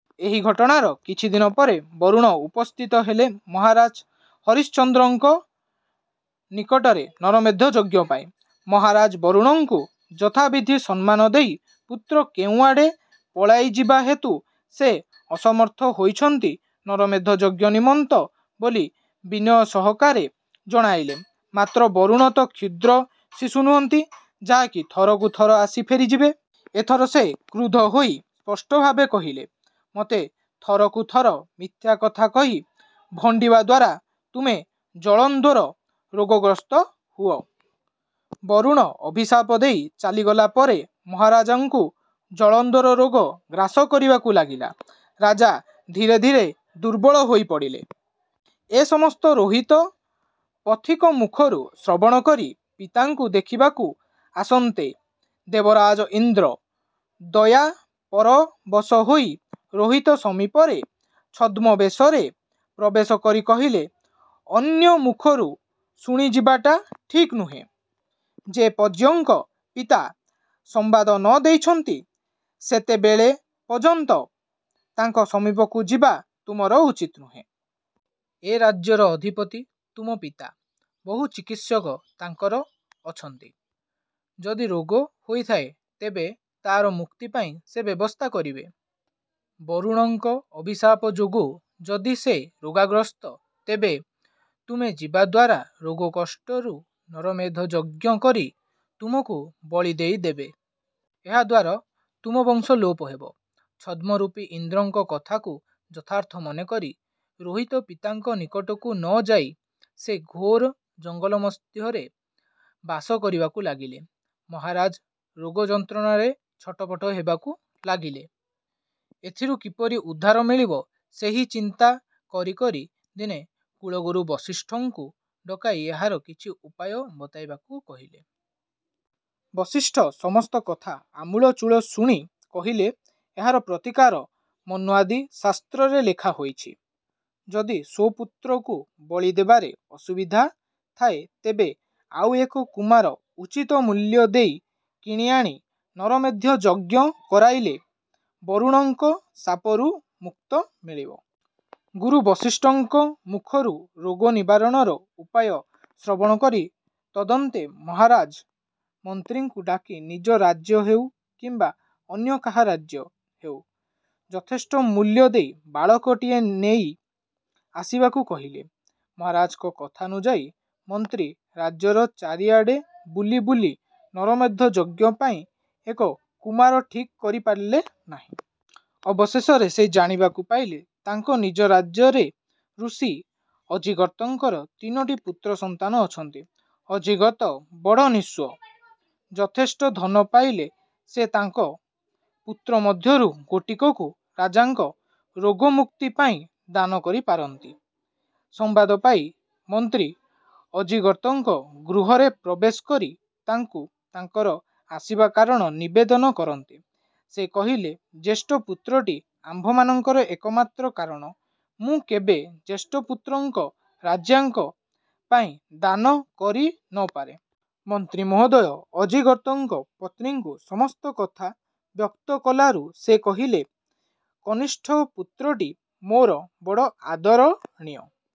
ଏହି ଘଟଣାର କିଛିଦିନ ପରେ ବରୁଣ ଉପସ୍ଥିତ ହେଲେ ମହାରାଜ ହରିଶ୍ଚନ୍ଦ୍ରଙ୍କ ନିକଟରେ ନରମେଧ ଯଜ୍ଞ ପାଇଁ। ମହାରାଜ ବରୁଣଙ୍କୁ ଯଥାବିଧି ସମ୍ମାନ ଦେଇ ପୁତ୍ର କେଉଁଆଡ଼େ ପଳାଇଯିବା ହେତୁ ସେ ଅସମର୍ଥ ହୋଇଛନ୍ତି ନରମେଧ ଯଜ୍ଞ ନିମିତ୍ତ ବୋଲି ବିନୟ ସହକାରେ ଜଣାଇଲେ। ମାତ୍ର ବରୁଣ ତ କ୍ଷୁଦ୍ର ଶିଶୁ ନୁହନ୍ତି, ଯାହାକି ଥରକୁ ଥର ଆସି ଫେରିଯିବେ! ଏଥର ସେ କ୍ରୁଦ୍ଧ ହୋଇ ସ୍ପଷ୍ଟଭାବେ କହିଲେ, ''ମୋତେ ଥରକୁ ଥର ମିଥ୍ୟା କଥା କହି ଭଣ୍ଡିବା ଦ୍ୱାରା ତୁମେ ଜଳୋଦର ରୋଗଗ୍ରସ୍ତ ହୁଅ। '' ବରୁଣ ଅଭିଶାପ ଦେଇ ଚାଲି ଗଲାପରେ ମହାରାଜାଙ୍କୁ ଜଳୋଦର ରୋଗ ଗ୍ରାସ କରିବାକୁ ଲାଗିଲା। ରାଜା ଧୀରେ ଧୀରେ ଦୁର୍ବଳ ହୋଇ ପଡ଼ିଲେ। ଏ ସମସ୍ତ ରୋହିତ ପଥିକ ମୁଖରୁ ଶ୍ରବଣକରି ପିତାଙ୍କୁ ଦେଖିବାକୁ ଆସନ୍ତେ ଦେବରାଜ ଇନ୍ଦ୍ର ଦୟାପରବଶ ହୋଇ ରୋହିତ ସମୀପରେ ଛଦ୍ମବେଶରେ ପ୍ରବେଶ କରି କହିଲେ, ଅନ୍ୟ ମୁଖରୁ ଶୁଣି ଯିବାଟା ଠିକ୍ ନୁହେଁ। ଯେ ପର୍ଯ୍ୟଙ୍କ ପିତା ସମ୍ୱାଦ ନ ଦେଇଛନ୍ତି ସେତେବେଳେ ପର୍ଯ୍ୟନ୍ତ ତାଙ୍କ ସମୀପକୁ ଯିବା ତୁମର ଉଚିତ୍ ନୁହେଁ। ଏ ରାଜ୍ୟର ଅଧିପତି ତୁମ ପିତା। ବହୁ ଚିକିତ୍ସକ ତାଙ୍କର ଅଛନ୍ତି। ଯଦି ରୋଗ ହୋଇଥାଏ, ତେବେ ତା'ର ମୁକ୍ତି ପାଇଁ ସେ ବ୍ୟବସ୍ଥା କରିବେ। ବରୁଣଙ୍କ ଅଭିଶାପ ଯୋଗୁଁ ଯଦି ସେ ରୋଗଗ୍ରସ୍ତ ତେବେ ତୁମେ ଯିବା ଦ୍ୱାରା ରୋଗ କଷ୍ଟରୁ ନରମେଧ ଯଜ୍ଞ କରି ତୁମକୁ ବଳି ଦେଇ ଦେବେ। ଏହା ଦ୍ୱାର ତୁମ ବଂଶ ଲୋପ ହେବ। ଛଦ୍ମରୂପୀ ଇନ୍ଦ୍ରଙ୍କ କଥାକୁ ଯଥାର୍ଥ ମନେକରି ରୋହିତ ପିତାଙ୍କ ନିକଟକୁ ନ ଯାଇ ସେହି ଘୋର ଜଙ୍ଗଲ ମଧ୍ୟରେ ବାସ କରିବାକୁ ଲାଗିଲେ! ମହାରାଜ ରୋଗ ଯନ୍ତ୍ରଣାରେ ଛଟପଟ ହେବାକୁ ଲାଗିଲେ। ଏଥିରୁ କିପରି ଉଦ୍ଧାର ମିଳିବ ସେହି ଚିନ୍ତା କରି କରି ଦିନେ କୁଳଗୁରୁ ବଶିଷ୍ଠଙ୍କୁ ଡକାଇ ଏହାର କିଛି ଉପାୟ ବତାଇବାକୁ କହିଲେ। ବଶିଷ୍ଠ ସମସ୍ତ କଥା ଆମୂଳଚୂଳ ଶୁଣି କହିଲେ, ଏହାର ପ୍ରତିକାର ମନ୍ୱାଦି ଶାସ୍ତ୍ରରେ ଲେଖା ହୋଇଛି। ଯଦି ସ୍ୱପୁତ୍ରକୁ ବଳି ଦେବାରେ ଅସୁବିଧା ଥାଏ, ତେବେ ଆଉ ଏକ କୁମାର ଉଚିତ୍ ମୂଲ୍ୟ ଦେଇ କିଣିଆଣି ନରମେଧ ଯଜ୍ଞ କରାଇଲେ ବରୁଣଙ୍କ ଶାପରୁ ମୁକ୍ତ ମିଳିବ। ଗୁରୁ ବଶିଷ୍ଠଙ୍କ ମୁଖରୁ ରୋଗ ନିରାକରଣର ଉପାୟ ଶ୍ରବଣକରି ତଦନ୍ତେ ମହାରାଜା ମନ୍ତ୍ରୀଙ୍କୁ ଡାକି ନିଜ ରାଜ୍ୟ ହେଉ କିମ୍ୱା ଅନ୍ୟ କାହା ରାଜ୍ୟ ହେଉ ଯଥେଷ୍ଟ ମୂଲ୍ୟ ଦେଇ ବାଳକଟିଏ ନେଇ ଆସିବାକୁ କହିଲେ। ମହାରାଜାଙ୍କ କଥାନୁଯାୟୀ ମନ୍ତ୍ରୀ ରାଜ୍ୟର ଚାରିଆଡ଼େ ବୁଲି ବୁଲି ନରମେଧ ଯଜ୍ଞ ପାଇଁ ଏକ କୁମାର ଠିକ୍ କରିପାରିଲେ ନାହିଁ। ଅବଶେଷରେ ସେ ଜାଣିବାକୁ ପାଇଲେ ତାଙ୍କ ନିଜ ରାଜ୍ୟରେ ଋଷି ଅଜିଗର୍ତ୍ତଙ୍କର ତିନୋଟି ପୁତ୍ର ସନ୍ତାନ ଅଛନ୍ତି। ଅଜିଗର୍ତ୍ତ ବଡ଼ ନିଃସ୍ୱ। ଯଥେଷ୍ଟ ଧନ ପାଇଲେ ସେ ତାଙ୍କ ପୁତ୍ର ମଧ୍ୟରୁ ଗୋଟିକକୁ ରାଜାଙ୍କ ରୋଗମୁକ୍ତି ପାଇଁ ଦାନ କରିପାରନ୍ତି। ସମ୍ୱାଦ ପାଇ ମନ୍ତ୍ରୀ ଅଜିଗର୍ତ୍ତଙ୍କ ଗୃହରେ ପ୍ରବେଶ କରି ତାଙ୍କୁ ତାଙ୍କର ଆସିବା କାରଣ ନିବେଦନ କରନ୍ତେ ସେ କହିଲେ ଜ୍ୟେଷ୍ଠ ପୁତ୍ରଟି ଆମ୍ଭମାନଙ୍କର ଏକମାତ୍ର କାରଣ ମୁଁ କେବେ ଜ୍ୟେଷ୍ଠ ପୁତ୍ରଙ୍କ ରାଜାଙ୍କ ପାଇଁ ଦାନ କରି ନ ପାରେ। ମନ୍ତ୍ରୀ ମହୋଦୟ ଅଜିଗର୍ତ୍ତଙ୍କ ପତ୍ନୀଙ୍କୁ ସମସ୍ତ କଥା ବ୍ୟକ୍ତ କଲାରୁ ସେ କହିଲେ କନିଷ୍ଠ ପୁତ୍ରଟି ମୋର ବଡ଼ ଆଦରଣୀୟ।